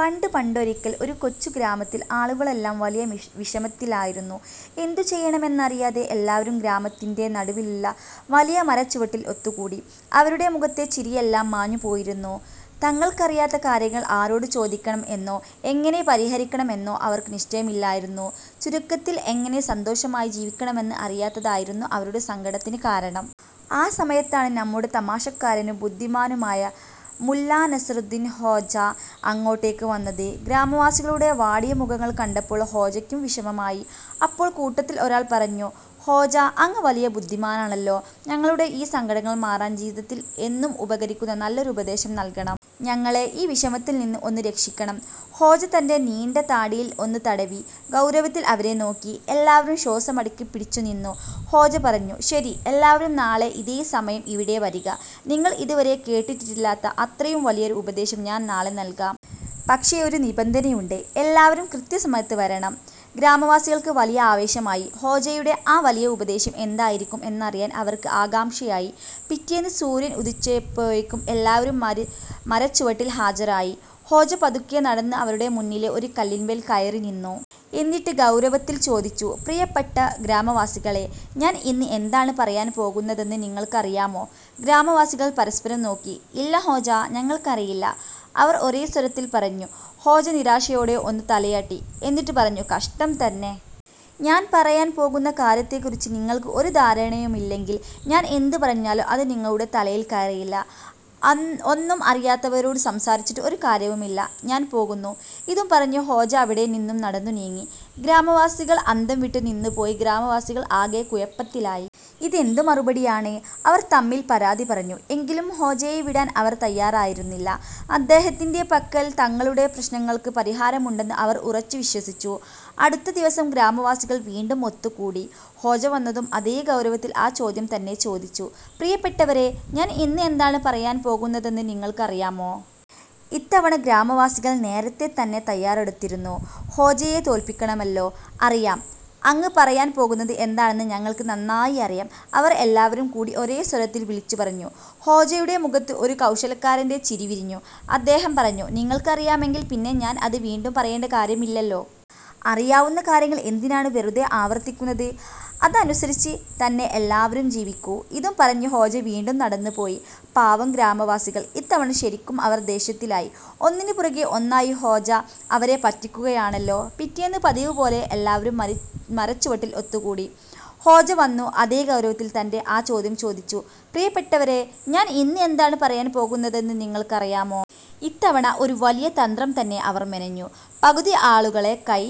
പണ്ട് പണ്ടൊരിക്കൽ, ഒരു കൊച്ചു ഗ്രാമത്തിൽ ആളുകളെല്ലാം വലിയ വിഷമത്തിലായിരുന്നു. എന്തുചെയ്യണമെന്നറിയാതെ എല്ലാവരും ഗ്രാമത്തിന്റെ നടുവിലുള്ള വലിയ മരച്ചുവട്ടിൽ ഒത്തുകൂടി. അവരുടെ മുഖത്തെ ചിരിയെല്ലാം മാഞ്ഞുപോയിരുന്നു. തങ്ങൾക്കറിയാത്ത കാര്യങ്ങൾ ആരോട് ചോദിക്കണം എന്നോ എങ്ങനെ പരിഹരിക്കണം എന്നോ അവർക്ക് നിശ്ചയമില്ലായിരുന്നു. ചുരുക്കത്തിൽ, എങ്ങനെ സന്തോഷമായി ജീവിക്കണമെന്ന് അറിയാത്തതായിരുന്നു അവരുടെ സങ്കടത്തിന് കാരണം. ആ സമയത്താണ് നമ്മുടെ തമാശക്കാരനും ബുദ്ധിമാനുമായ മുല്ലാ നസറുദ്ദീൻ ഹോജ അങ്ങോട്ടേക്ക് വന്നത്. ഗ്രാമവാസികളുടെ വാടിയ മുഖങ്ങൾ കണ്ടപ്പോൾ ഹോജയ്ക്കും വിഷമമായി. അപ്പോൾ കൂട്ടത്തിൽ ഒരാൾ പറഞ്ഞു: "ഹോജ, അങ്ങ് വലിയ ബുദ്ധിമാനാണല്ലോ. ഞങ്ങളുടെ ഈ സങ്കടങ്ങൾ മാറാൻ ജീവിതത്തിൽ എന്നും ഉപകരിക്കുന്ന നല്ലൊരു ഉപദേശം നൽകണം. ഞങ്ങളെ ഈ വിഷമത്തിൽ നിന്ന് ഒന്ന് രക്ഷിക്കണം. " ഹോജ തന്റെ നീണ്ട താടിയിൽ ഒന്ന് തടവി, ഗൗരവത്തിൽ അവരെ നോക്കി. എല്ലാവരും ശ്വാസമടക്കി പിടിച്ചു നിന്നു. ഹോജ പറഞ്ഞു: "ശരി, എല്ലാവരും നാളെ ഇതേ സമയം ഇവിടെ വരിക. നിങ്ങൾ ഇതുവരെ കേട്ടിട്ടില്ലാത്ത അത്രയും വലിയൊരു ഉപദേശം ഞാൻ നാളെ നൽകാം. പക്ഷേ ഒരു നിബന്ധനയുണ്ട്, എല്ലാവരും കൃത്യസമയത്ത് വരണം! " ഗ്രാമവാസികൾക്ക് വലിയ ആവേശമായി. ഹോജയുടെ ആ 'വലിയ ഉപദേശം' എന്തായിരിക്കും എന്നറിയാൻ അവർക്ക് ആകാംക്ഷയായി. പിറ്റേന്ന് സൂര്യൻ ഉദിച്ചപ്പോഴേക്കും എല്ലാവരും മരച്ചുവട്ടിൽ ഹാജരായി. ഹോജ പതുക്കെ നടന്ന് അവരുടെ മുന്നിലെ ഒരു കല്ലിന്മേൽ കയറി നിന്നു. എന്നിട്ട് ഗൗരവത്തിൽ ചോദിച്ചു: "പ്രിയപ്പെട്ട ഗ്രാമവാസികളേ, ഞാൻ ഇന്ന് എന്താണ് പറയാൻ പോകുന്നതെന്ന് നിങ്ങൾക്ക് അറിയാമോ? " ഗ്രാമവാസികൾ പരസ്പരം നോക്കി. "ഇല്ല ഹോജ, ഞങ്ങൾക്ക് അറിയില്ല. " അവർ ഒരേ സ്വരത്തിൽ പറഞ്ഞു. ഹോജ നിരാശയോടെ ഒന്ന് തലയാട്ടി. എന്നിട്ട് പറഞ്ഞു: "കഷ്ടം തന്നെ! ഞാൻ പറയാൻ പോകുന്ന കാര്യത്തെക്കുറിച്ച് നിങ്ങൾക്ക് ഒരു ധാരണയുമില്ലെങ്കിൽ, ഞാൻ എന്ത് പറഞ്ഞാലും അത് നിങ്ങളുടെ തലയിൽ കയറില്ല. ഒന്നും അറിയാത്തവരോട് സംസാരിച്ചിട്ട് ഒരു കാര്യവുമില്ല. ഞാൻ പോകുന്നു! " ഇതും പറഞ്ഞ് ഹോജ അവിടെ നിന്നും നടന്നു നീങ്ങി. ഗ്രാമവാസികൾ അന്തംവിട്ടു നിന്നുപോയി ഗ്രാമവാസികൾ ആകെ കുഴപ്പത്തിലായി. "ഇതെന്ത് മറുപടിയാണ്? " അവർ തമ്മിൽ പരാതി പറഞ്ഞു. എങ്കിലും ഹോജയെ വിടാൻ അവർ തയ്യാറായിരുന്നില്ല. അദ്ദേഹത്തിന്റെ പക്കൽ തങ്ങളുടെ പ്രശ്നങ്ങൾക്ക് പരിഹാരമുണ്ടെന്ന് അവർ ഉറച്ചു വിശ്വസിച്ചു. അടുത്ത ദിവസം ഗ്രാമവാസികൾ വീണ്ടും ഒത്തുകൂടി. ഹോജ വന്നതും അതേ ഗൗരവത്തിൽ ആ ചോദ്യം തന്നെ ചോദിച്ചു: "പ്രിയപ്പെട്ടവരേ, ഞാൻ ഇന്ന് എന്താണ് പറയാൻ പോകുന്നതെന്ന് നിങ്ങൾക്ക് അറിയാമോ? " ഇത്തവണ ഗ്രാമവാസികൾ നേരത്തെ തന്നെ തയ്യാറെടുത്തിരുന്നു. ഹോജയെ തോൽപ്പിക്കണമല്ലോ! "അറിയാം! അങ്ങ് പറയാൻ പോകുന്നത് എന്താണെന്ന് ഞങ്ങൾക്ക് നന്നായി അറിയാം! " അവർ എല്ലാവരും കൂടി ഒരേ സ്വരത്തിൽ വിളിച്ചു പറഞ്ഞു. ഹോജയുടെ മുഖത്ത് ഒരു കൗശലക്കാരന്റെ ചിരി വിരിഞ്ഞു. അദ്ദേഹം പറഞ്ഞു: "നിങ്ങൾക്ക് അറിയാമെങ്കിൽ പിന്നെ ഞാൻ അത് വീണ്ടും പറയേണ്ട കാര്യമില്ലല്ലോ. അറിയാവുന്ന കാര്യങ്ങൾ എന്തിനാണ് വെറുതെ ആവർത്തിക്കുന്നത്? അതനുസരിച്ച് തന്നെ എല്ലാവരും ജീവിക്കൂ! " ഇതും പറഞ്ഞ് ഹോജ വീണ്ടും നടന്നുപോയി. പാവം ഗ്രാമവാസികൾ! ഇത്തവണ ശരിക്കും അവർ ദേഷ്യത്തിലായി. ഒന്നിന് പുറകെ ഒന്നായി ഹോജ അവരെ പറ്റിക്കുകയാണല്ലോ. പിറ്റേന്ന് പതിവുപോലെ എല്ലാവരും മരച്ചുവട്ടിൽ ഒത്തുകൂടി. ഹോജ വന്നു അതേ ഗൗരവത്തിൽ തന്റെ ആ ചോദ്യം ചോദിച്ചു: "പ്രിയപ്പെട്ടവരേ, ഞാൻ ഇന്ന് എന്താണ് പറയാൻ പോകുന്നതെന്ന് നിങ്ങൾക്ക് അറിയാമോ? " ഇത്തവണ ഒരു വലിയ തന്ത്രം തന്നെ അവർ മെനഞ്ഞു. പകുതി ആളുകൾ കൈ